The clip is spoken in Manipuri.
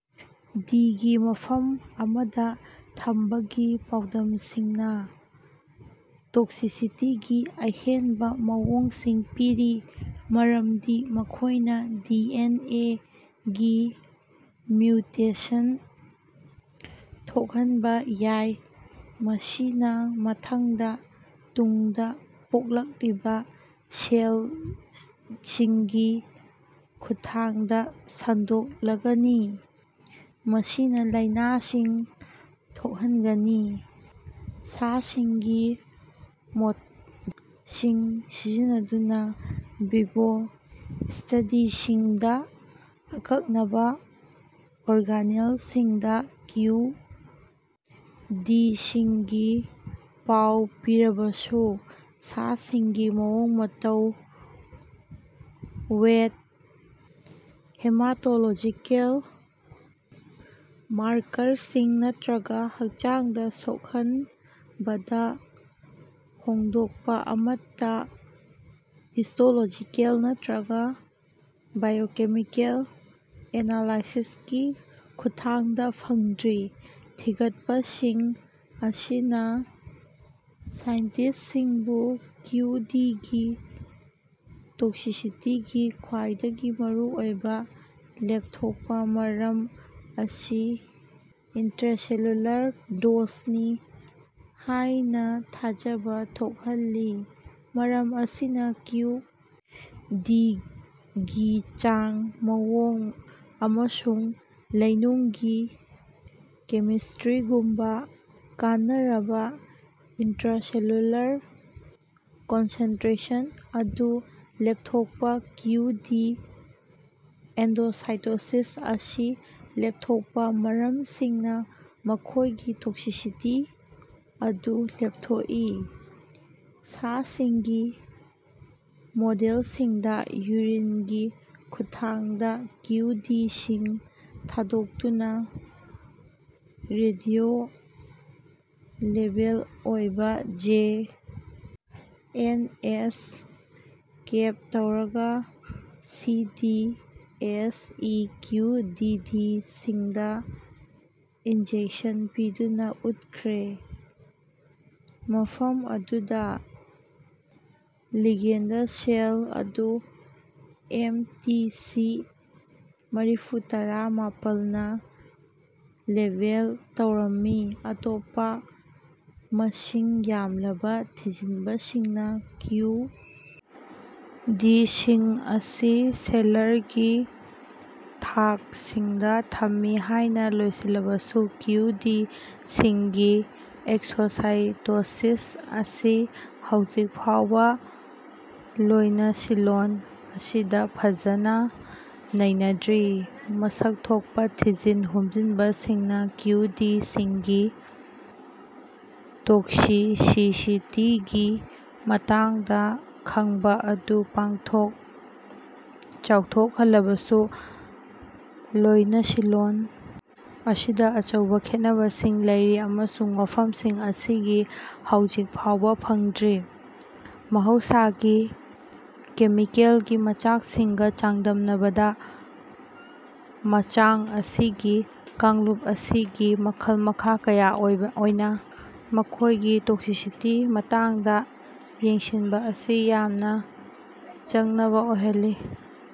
ꯗꯤ. ꯒꯤ ꯃꯐꯝ ꯑꯃꯗ ꯊꯝꯕꯒꯤ ꯄꯥꯎꯗꯝꯁꯤꯡꯅ ꯇꯣꯛꯁꯤꯁꯤꯇꯤꯒꯤ ꯑꯍꯦꯟꯕ ꯃꯑꯣꯡꯁꯤꯡ ꯄꯤꯔꯤ ꯃꯔꯝꯗꯤ ꯃꯈꯣꯏꯅ ꯗꯤ. ꯑꯦꯟ. ꯑꯦ. ꯒꯤ ꯃ꯭ꯌꯨꯇꯦꯁꯟ ꯊꯣꯛꯍꯟꯕ ꯌꯥꯏ, ꯃꯁꯤꯅ ꯃꯊꯪꯗ ꯇꯨꯡꯗ ꯄꯣꯛꯂꯛꯂꯤꯕ ꯁꯦꯜꯁꯤꯡꯒꯤ ꯈꯨꯠꯊꯥꯡꯗ ꯁꯟꯗꯣꯛꯂꯒꯅꯤ, ꯃꯁꯤꯅ ꯂꯥꯏꯅꯥꯁꯤꯡ ꯊꯣꯛꯍꯟꯒꯅꯤ꯫ ꯁꯥꯁꯤꯡꯒꯤ ꯃꯣꯠꯁꯤꯡ ꯁꯤꯖꯤꯟꯅꯗꯨꯅ ꯚꯤꯚꯣ ꯁ꯭ꯇꯗꯤꯁꯤꯡꯗ ꯑꯀꯛꯅꯕ ꯑꯣꯔꯒꯅꯦꯜꯁꯤꯡꯗ ꯀ꯭ꯌꯨ. ꯗꯤ. ꯁꯤꯡꯒꯤ ꯄꯥꯎ ꯄꯤꯔꯕꯁꯨ, ꯁꯥꯁꯤꯡꯒꯤ ꯃꯑꯣꯡ-ꯃꯇꯧ, ꯋꯦꯠ, ꯍꯦꯃꯥꯇꯣꯂꯣꯖꯤꯀꯦꯜ ꯃꯥꯔꯀꯔꯁꯤꯡ, ꯅꯠꯇ꯭ꯔꯒ ꯍꯛꯆꯥꯡꯗ ꯁꯣꯛꯍꯟꯕꯗ ꯍꯣꯡꯗꯣꯛꯄ ꯑꯃꯠꯇ ꯍꯤꯁꯇꯣꯂꯣꯖꯤꯀꯦꯜ ꯅꯠꯇ꯭ꯔꯒ ꯕꯥꯏꯑꯣꯀꯦꯃꯤꯀꯦꯜ ꯑꯦꯅꯥꯂꯥꯏꯁꯤꯁꯀꯤ ꯈꯨꯠꯊꯥꯡꯗ ꯐꯪꯗ꯭ꯔꯤ꯫ ꯊꯤꯒꯠꯄꯁꯤꯡ ꯑꯁꯤꯅ ꯁꯥꯏꯟꯇꯤꯁ꯭ꯠꯁꯤꯡꯕꯨ ꯀ꯭ꯌꯨ. ꯗꯤ. ꯒꯤ ꯇꯣꯛꯁꯤꯁꯤꯇꯤꯒꯤ ꯈ꯭ꯋꯥꯏꯗꯒꯤ ꯃꯔꯨꯑꯣꯏꯕ ꯂꯦꯞꯊꯣꯛꯄ ꯃꯔꯝ ꯑꯁꯤ ꯏꯟꯇ꯭ꯔꯦꯁꯦꯂ꯭ꯌꯨꯂꯔ ꯗꯣꯁꯅꯤ ꯍꯥꯏꯅ ꯊꯥꯖꯕ ꯊꯣꯛꯍꯜꯂꯤ꯫ ꯃꯔꯝ ꯑꯁꯤꯅ ꯀ꯭ꯌꯨ. ꯗꯤ. ꯒꯤ ꯆꯥꯡ, ꯃꯑꯣꯡ ꯑꯃꯁꯨꯡ ꯂꯩꯅꯨꯡꯒꯤ ꯀꯦꯃꯤꯁꯇ꯭ꯔꯤꯒꯨꯝꯕ ꯀꯥꯟꯅꯔꯕ ꯏꯟꯇ꯭ꯔꯦꯁꯦꯂꯨꯂꯔ ꯀꯣꯟꯁꯦꯟꯇ꯭ꯔꯦꯁꯟ ꯑꯗꯨ ꯂꯦꯞꯊꯣꯛꯄ ꯀ꯭ꯌꯨ, ꯗꯤ. ꯑꯦꯟꯗꯣꯁꯥꯏꯇꯣꯁꯤꯁ ꯑꯁꯤ ꯂꯦꯞꯊꯣꯛꯄ ꯃꯔꯝꯁꯤꯡꯅ ꯃꯈꯣꯏꯒꯤ ꯇꯣꯛꯁꯤꯁꯤꯇꯤ ꯑꯗꯨ ꯂꯦꯞꯊꯣꯛꯏ꯫ ꯁꯥꯁꯤꯡꯒꯤ ꯃꯣꯗꯦꯜꯁꯤꯡꯗ ꯌꯨꯔꯤꯟꯒꯤ ꯈꯨꯠꯊꯥꯡꯗ ꯀ꯭ꯌꯨ. ꯗꯤ. ꯁꯤꯡ ꯊꯥꯗꯣꯛꯇꯨꯅ ꯔꯦꯗꯤꯑꯣ-ꯂꯦꯕꯦꯜ ꯑꯣꯏꯕ ꯖꯦ. ꯑꯦꯟ. ꯑꯦꯁ. -ꯀꯦꯞ ꯇꯧꯔꯕ C. D. S. E. Q, D. D. ꯁꯤꯡꯗ ꯏꯟꯖꯦꯛꯁꯟ ꯄꯤꯗꯨꯅ ꯎꯠꯈ꯭ꯔꯦ ꯃꯐꯝ ꯑꯗꯨꯗ ꯂꯤꯒꯦꯟꯗ ꯁꯦꯜ ꯑꯗꯨ ꯑꯦꯝ. ꯇꯤ. ꯁꯤ. ꯃꯔꯤꯐꯨꯇꯔꯥ - ꯃꯥꯄꯜꯅ ꯂꯦꯕꯦꯜ ꯇꯧꯔꯝꯃꯤ꯫ ꯑꯇꯣꯞꯄ ꯃꯁꯤꯡ ꯌꯥꯝꯂꯕ ꯊꯤꯖꯤꯟꯕꯁꯤꯡꯅ ꯀ꯭ꯌꯨ. ꯗꯤ. ꯁꯤꯡ ꯑꯁꯤ ꯁꯦꯜꯂꯔꯒꯤ ꯊꯥꯛꯁꯤꯡꯗ ꯊꯝꯃꯤ ꯍꯥꯏꯅ ꯂꯣꯏꯁꯤꯜꯂꯕꯁꯨ, ꯀ꯭ꯌꯨ, ꯗꯤ. ꯁꯤꯡꯒꯤ ꯑꯦꯛꯁꯣꯁꯥꯏꯇꯣꯁꯤꯁ ꯑꯁꯤ ꯍꯧꯖꯤꯛ ꯐꯥꯎꯕ ꯂꯣꯏꯅꯁꯤꯂꯣꯟ ꯑꯁꯤꯗ ꯐꯖꯅ ꯅꯩꯅꯗ꯭ꯔꯤ꯫ ꯃꯁꯛ ꯊꯣꯛꯄ ꯊꯤꯖꯟ ꯍꯨꯝꯖꯟꯕꯁꯤꯡꯅ ꯀ꯭ꯌꯨ. ꯗꯤ. ꯁꯤꯡꯒꯤ ꯇꯣꯛꯁꯤꯁꯤꯁꯤꯇꯤꯒꯤ ꯃꯇꯥꯡꯗ ꯈꯪꯕ ꯑꯗꯨ ꯄꯥꯛꯊꯣꯛ ꯆꯥꯎꯊꯣꯛꯍꯜꯂꯕꯁꯨ, ꯂꯣꯏꯅꯁꯤꯂꯣꯟ ꯑꯁꯤꯗ ꯑꯆꯧꯕ ꯈꯦꯠꯅꯕꯁꯤꯡ ꯂꯩꯔꯤ, ꯑꯃꯁꯨꯡ ꯋꯥꯐꯝꯁꯤꯡ ꯑꯁꯤꯒꯤ ꯍꯧꯖꯤꯛ ꯐꯥꯎꯕ ꯐꯪꯗ꯭ꯔꯤ꯫ ꯃꯍꯧꯁꯥꯒꯤ ꯀꯦꯃꯤꯀꯦꯜꯒꯤ ꯃꯆꯥꯛꯁꯤꯡꯒ ꯆꯥꯡꯗꯝꯅꯕꯗ ꯃꯆꯥꯡ ꯑꯁꯤꯒꯤ ꯀꯥꯡꯂꯨꯞ ꯑꯁꯤꯒꯤ ꯃꯈꯜ-ꯃꯈꯥ ꯀꯌꯥ ꯑꯣꯏꯕ ꯑꯣꯏꯅ ꯃꯈꯣꯏꯒꯤ ꯇꯣꯛꯁꯤꯁꯤꯇꯤ ꯃꯇꯥꯡꯗ ꯌꯦꯡꯁꯤꯟꯕ ꯑꯁꯤ ꯌꯥꯝꯅ ꯆꯡꯅꯕ ꯑꯣꯏꯍꯜꯂꯤ꯫